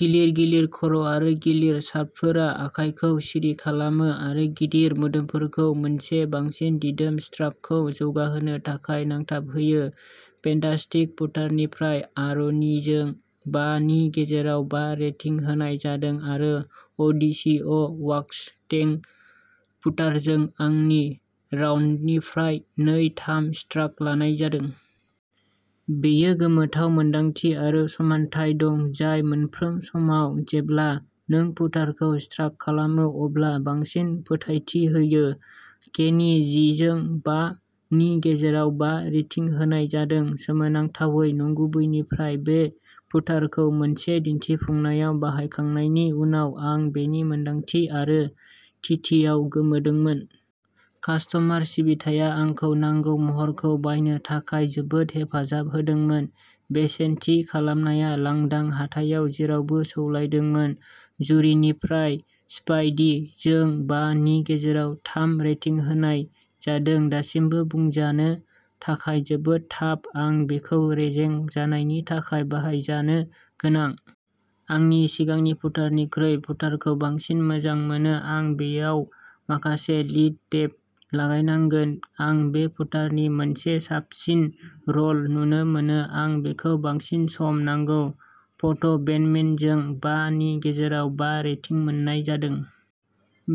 गिलिर, गिलिर खर' आरो गिलिर शाफफोरा आखाइखौ सिरि खालामो आरो गिदिर मोदोमफोरखौ मोनसे बांसिन दिदोम स्ट्राकखौ जौगाहोनो थाखाय नांथाबहोयो। फेन्टास्टिक पुटारनिफ्राय आर'निजों बा नि गेजेराव बा रेटिं होनाय जादों आरो अ डि सी अ-वाक्स टेंक पुटारजों आंनि राउन्डनिफ्राय नै-थाम स्ट्राक लानाय जादों। बेयो गोमोथाव मोनदांथि आरो समान्थाय दं। जाय मोनफ्रोम समाव जेब्ला नों पुटारखौ स्ट्राक खालामो अब्ला बांसिन फोथायथि होयो। केनी जिजों बा नि गेजेराव बा रेटिं होनाय जादों। सोमोनांथावै नंगुबैनिफ्राय बे पुटारखौ मोनसे दिन्थिफुंनायाव बाहायखांनायनि उनाव आं बेनि मोनदांथि आरो थिथियाव गोमोदोंमोन। कास्ट'मार सिबिथाया आंखौ नांगौ महरखौ बायनो थाखाय जोबोद हेफाजाब होदोंमोन। बेसेन थि खालामनाया लांदां हाथायाव जेरावबो सौलायदोंमोन। जुरिनिफ्राय स्पाइडी जों बा नि गेजेराव थाम रेटिं होनाय जादों दासिमबो बुंजानो थाखाय जोबोद थाब। आं बेखौ रेजें जानायनि थाखाय बाहायजानो गोनां। आंनि सिगांनि पुटारनिख्रुइ पुटारखौ बांसिन मोजां मोनो। आं बेयाव माखासे लिड टेप लागायनांगोन। आं बे पुटारनि मोनसे साबसिन र'ल नुनो मोनो। आं बेखौ बांसिन सम नांगौ। फट'बेन्डमेनजों बा नि गेजेराव बा रेटिं मोननाय जादों।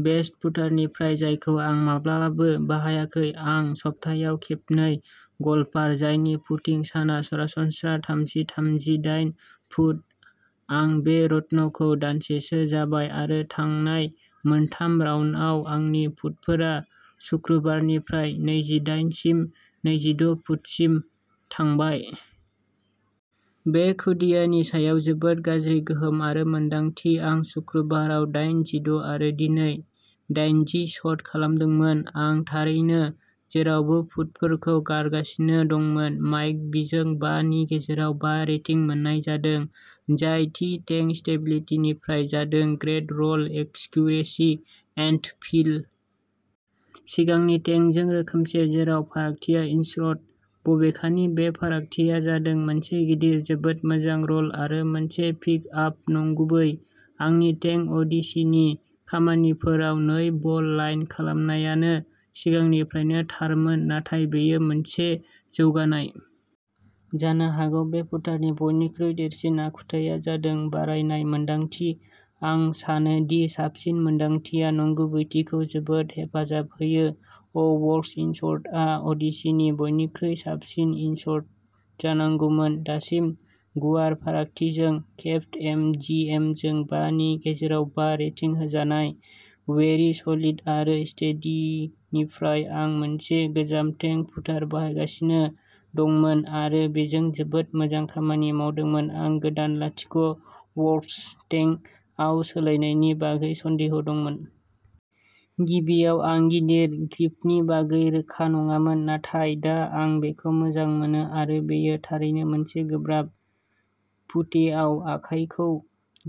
बेस्ट पुटारनिफ्राय जायखौ आं माब्लाबाबो बाहायाखै। आं सप्तायाव खेबनै गल्फार जायनि पुटिं साना सरासनस्रा थामजि-थामजि दाइन पुट। आं बे रतन’खौ दानसेसो जाबाय आरो थांनाय मोनथाम राउन्डआव आंनि पुटफोरा सुक्रुबारनिफ्राय नैजिदाइन सिम नैजिद’ पुटसिम थांबाय। बे खुदियानि सायाव जोबोद गाज्रि गोहोम आरो मोन्दांथि। आं सुक्रुबाराव दाइन जिद’ आरो दिनै दाइनजि शट खालामदोंमोन। आं थारैनो जेरावबो पुटफोरखौ गारगासिनो दंमोन। माइक बिजों बा नि गेजेराव बा रेटिं मोननाय जादों। जाय थि टेंक स्टेबिलिटिनिफ्राय जादों-ग्रेट र'ल, एक्सक्युरेसि एन्ड फिल -- सिगांनि टेंक जों रोखोमसे। जेराव फारागथिया इन्सर्ट। बबेखानि बे फारागथिया जादों मोनसे गिदिर जोबोद मोजां र'ल आरो मोनसे पिक आप नंगुबै। आंनि टेंक अ डि सीनि खामानिफोराव नै बल लाइन खालामनायानो सिगांनिफ्रायनो थारमोन। नाथाय बेयो मोनसे जौगानाय। जानो हागौ बे पुटारनि बयनिख्रुइ देरसिन आखुथाया जादों बारायनाय मोनदांथि। आं सानो दि साबसिन मोनदांथिया नंगुबैथिखौ जोबोद हेफाजाब होयो। अ-वर्क्स इन्सरटआ अ डि सीनि बयनिख्रुइ साबसिन इन्सरट जानांगौमोन। दासिम गुवार फारागथिजों केप्ट एम जि एमजों बा नि गेजेराव बा रेटिं होजानाय वेरी सलिड आरो स्टेडीनिफ्राय आं मोनसे गोजाम टेंक पुटार बाहायगासिनो दंमोन आरो बेजों जोबोद मोजां खामानि मावदोंमोन। आं गोदान लाथिख’-वरक्स टेंक आव सोलायनायनि बागै सन्देह' दंमोन। गिबियाव आं गिदिर ग्रिपनि बागै रोखा नङामोन नाथाय दा आं बेखौ मोजां मोनो आरो बेयो थारैनो मोनसे गोब्राब पुटेआव आखाइखौ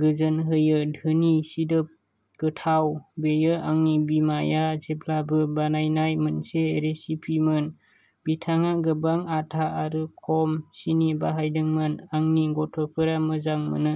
गोजोन होयो। धोनि, सिदोब, गोथाव बेयो आंनि बिमाया जेब्लाबो बानायनाय मोनसे रेसिपिमोन। बिथाङा गोबां आटा आरो खम सिनि बाहायदोंमोन। आंनि गथ'फोरा मोजां मोनो।